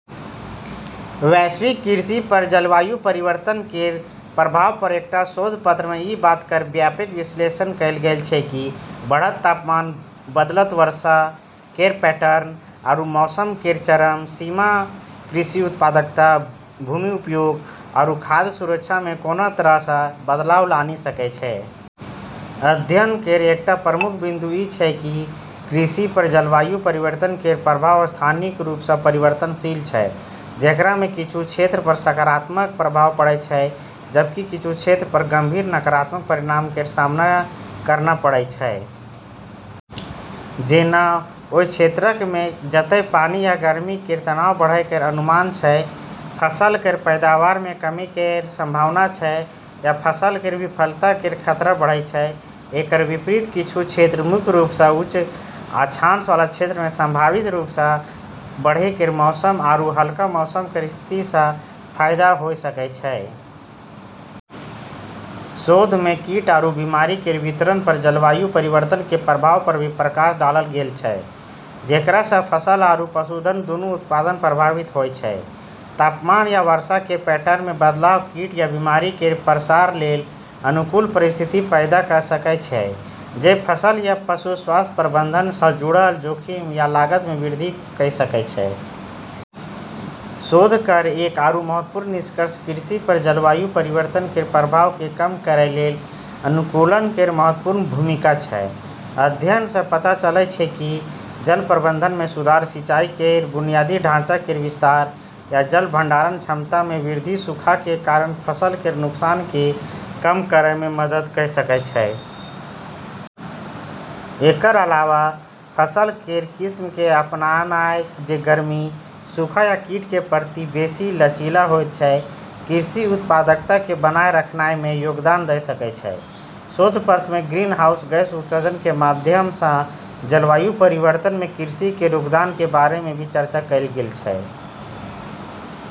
वैश्विक कृषि पर जलवायु परिवर्तन केर प्रभाव पर एकटा शोध पत्र मे ई बात केर व्यापक विश्लेषण कएल गेल छै कि बढ़त तापमान, बदलत वर्षा केर पैटर्न, आरू मौसम केर चरम सीमा कृषि उत्पादकता, भूमि उपयोग, आरू खाद्य सुरक्षा मे कोना तरह सँ बदलाव लानी सकै छै। अध्ययन केर एकटा प्रमुख बिंदु ई छै कि कृषि पर जलवायु परिवर्तन केर प्रभाव स्थानिक रूप सँ परिवर्तनशील छै, जेकरा मे किछु क्षेत्र पर सकारात्मक प्रभाव पड़ै छै जबकि किछु क्षेत्र पर गंभीर नकारात्मक परिणाम केर सामना करना पड़ै छै। जेना, ओय क्षेत्रक मे जतय पानि आ गर्मी केर तनाव बढ़य केर अनुमान छै, फसल केर पैदावार मे कमी केर संभावना छै, आ फसल केर विफलता केर खतरा बढ़य छै। एकर विपरीत, किछु क्षेत्र, मुख्य रूप सँ उच्च अक्षांश वाला क्षेत्र मे संभावित रूप सँ बढ़ै केर मौसम आरू हल्का मौसम केर स्थिति सँ फायदा होय सकै छै। शोध मे कीट आरू बीमारी केर वितरण पर जलवायु परिवर्तन के प्रभाव पर भी प्रकाश डालल गेल छै, जेकरा सँ फसल आरू पशुधन दूनू उत्पादन प्रभावित होय छै। तापमान आ वर्षा केर पैटर्न मे बदलाव कीट आ बीमारी केर प्रसार लेल अनुकूल परिस्थिति पैदा कऽ सकय छै, जे फसल आ पशु स्वास्थ्य प्रबंधन सँ जुड़ल जोखिम आ लागत मे वृद्धि कऽ सकय छै। शोध केर एक आरू महत्वपूर्ण निष्कर्ष कृषि पर जलवायु परिवर्तन केर प्रभाव के कम करै लेल अनुकूलन केर महत्वपूर्ण भूमिका छै। अध्ययन सँ पता चलै छै कि जल प्रबंधन मे सुधार, सिंचाई केर बुनियादी ढाँचा केर विस्तार, आ जल भंडारण क्षमता मे वृद्धि सूखा के कारण फसल केर नुकसान के कम करय मे मदद कऽ सकय छै। एकर अलावा, फसल केर किस्म के अपनानाय जे गर्मी, सूखा आ कीट के प्रति बेसि लचीला होयत छै, कृषि उत्पादकता के बनाए रखनाय मे योगदान दऽ सकय छै। शोध पत्र मे ग्रीनहाउस गैस उत्सर्जन के माध्यम सँ जलवायु परिवर्तन मे कृषि केर योगदान के बारे मे भी चर्चा कएल गेल छै।